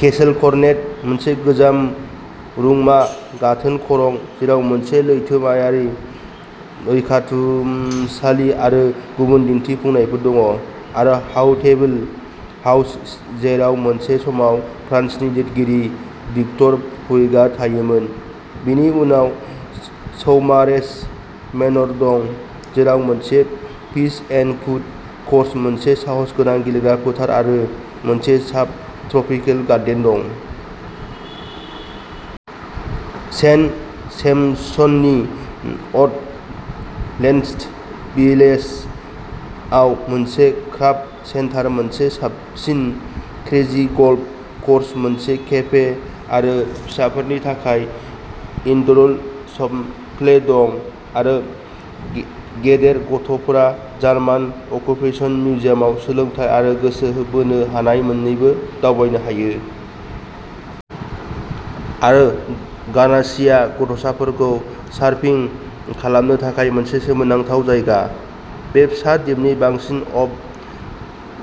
Castle करनेट मोनसे गोजाम रुंमा गाथोन खरं जेराव मोनसे लैथोआरि रैखाथुमसालि आरो गुबुन दिन्थिफुंनायफोर दं। आरो हाउटेभिल हाउस जेराव मोनसे समाव फ्रान्सनि लिरगिरि भिक्टर हयुग'आ थायोमोन। बेनि उनाव सौमारेज मेन'र दं। जेराव मोनसे पिच एन्ड पुट क'र्स मोनसे साहसगोनां गेलेग्रा फोथार आरो मोनसे साब ट्रपिकेल गार्डेन दं। सेन्ट सेम्पसननि अटलेन्डस भिलेजआव मोनसे क्राफ्ट सेन्टार मोनसे साबसिन क्रेजि गल्फ क'र्स मोनसे केफे आरो फिसाफोरनि थाखाय इनड'र सफ्टप्ले दं। आरो गेदेर गथ'फोरा जार्मान अकुपेसन मिउजियामाव सोलोंथाइ आरो गोसो बोनो हानाय मोननैबो दावबायनो हायो। आरो गार्नसीआ गथ'साफोरखौ सारफिं खालामनो थाखाय मोनसे सोमोनांथाव जायगा। बे फिसा दिपनि बांसिन अफ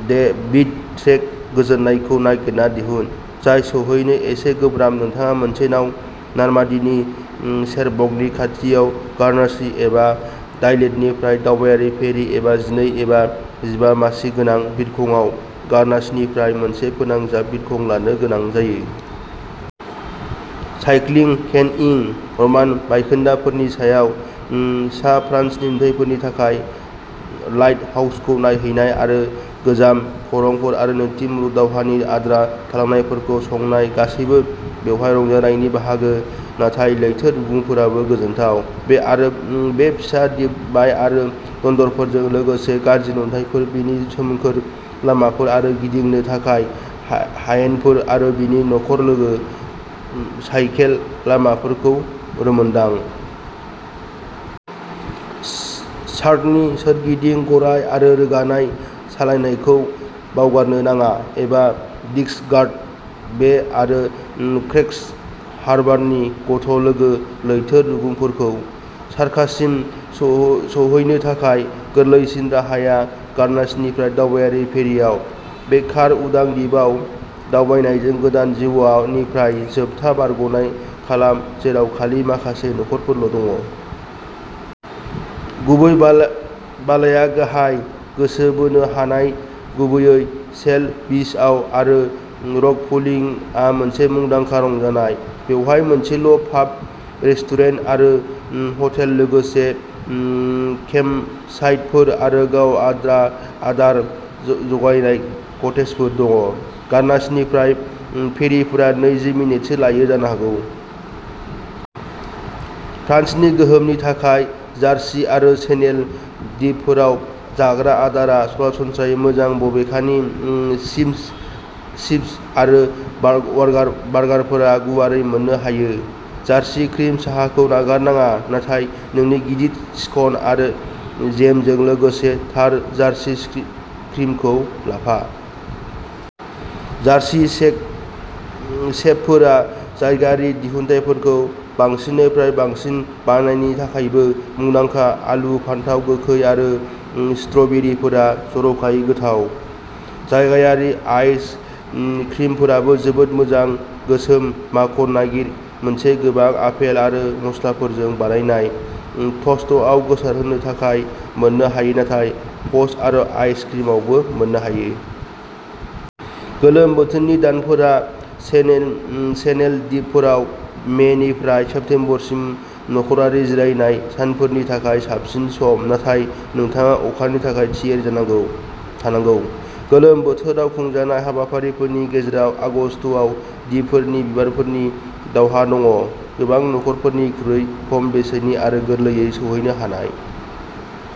द बिट ट्रेक गोजोननायखौ नागिरना दिहुन। जाय सौहैनो एसे गोब्राब नोंथाङा मोनसे नाव नार्मान्डीनि चेरबर्गनि खाथियाव गार्नसी एबा डायलेटनिफ्राय दावबायारि फेरि एबा जिनै एबा जिबा मासि गोनां बिरखंआव गार्नसीनिफ्राय मोनसे फोनांजाबनाय बिरखं लानो गोनां जायो। Cycling canoeing. रमान बायखोन्दाफोरनि सायाव सा फ्रान्सनि नुथायफोरनि थाखाय लाइटहाउसखौ नायहैनाय आरो गोजाम खरंफोर आरो नैथि मुलुग दावहानि आद्रा थालांनायफोरखौ संनाय गासैबो बेवहाय रंजानायनि बाहागो नाथाय लैथो रुगुंफोराबो गोजोनथाव। बे फिसा दिपनि बाय आरो दन्दरफोरजों लोगोसे गाज्रि नुथाइफोर बेनि सोमखोर लामाफोर आरो गिदिंनो थाखाय हायेनफोर आरो बेनि नखर लोगो साइकेल लामाफोरखौ रोंमोनदां। सार्कनि सोरगिदिं गराय आरो रोगानाय सालायनायखौ बावगारनो नाङा एबा डिक्सकार्ट बे आरो क्रेक्स हार्बारनि गथ' लोगो लैथो रुगुंफोरखौ। सार्कसिम सौहैनो थाखाय गोरलैसिन राहाया गार्नसिनिफ्राय दावबायारि फेरिआव। बे कार उदां दिपआव दावबायनायजों गोदान जिउनिफ्राय जोबथा बारग'नाय खालाम जेराव खालि माखासे नखरफोरल' दं। गुबै बालाया गाहाय गोसो बोनो हानाय गुबैयै शेल बीचआव आरो रकपुलिंआ मोनसे मुंदांखा रंजानाय। बेवहाय मोनसेल' पाब रेस्टुरेन्ट आरो हटेल लोगोसे केम्पसाइटफोर आरो गाव आदार जगायनाय कटेजफोर दं। गार्नसिनिफ्राय फेरिफोरा नैजि मिनिटसो लायो जानो हागौ। फ्रान्सनि गोहोमनि थाखाय जार्सि आरो चेनेल दिपफोराव जाग्रा आदारा सरासनस्रायै मोजां बबेखानि चिप्स आरो बार्गारफोरा गुवारै मोननो हायो। जार्सि क्रिम साहाखौ नागारनाङा नाथाय नोंनि गिदिर स्कन आरो जेमजों लोगोसे थार जार्सि क्रिमखौ लाफा। जार्सि सेफ सेफफोरा जायगायारि दिहुनथायफोरखौ बांसिननिफ्राय बांसिन बानायनायनि थाखायबो मुंदांखा आलु फानथाव गोखै आरो स्ट्रबेरीफोरा जर'खायै गोथाव। जायगायारि आइस क्रिमफोराबो जोबोद मोजां गोसोम माखन नागिर मोनसे गोबां आपेल आरो मस्लाफोरजों बानायनाय ट'स्टआव गोसारहोनो थाखाय मोननो हायो नाथाय फज आरो आइस क्रिमआवबो मोननो हायो। गोलोम बोथोरनि दानफोरा चेनेल चेनेल दिपफोराव मेनिफ्राय सेप्तेम्बरसिम नखरारि जिरायनाय सानफोरनि थाखाय साबसिन सम नाथाय नोंथाङा अखानि थाखाय थियारि थानांगौ। गोलोम बोथोराव खुंजानाय हाबाफारिफोरनि गेजेराव आगस्तआव दिपफोरनि बिबारफोरनि दावहा दं। गोबां नखरफोरनिख्रुइ खम बेसेननि आरो गोरलैयै सौहैनो हानाय।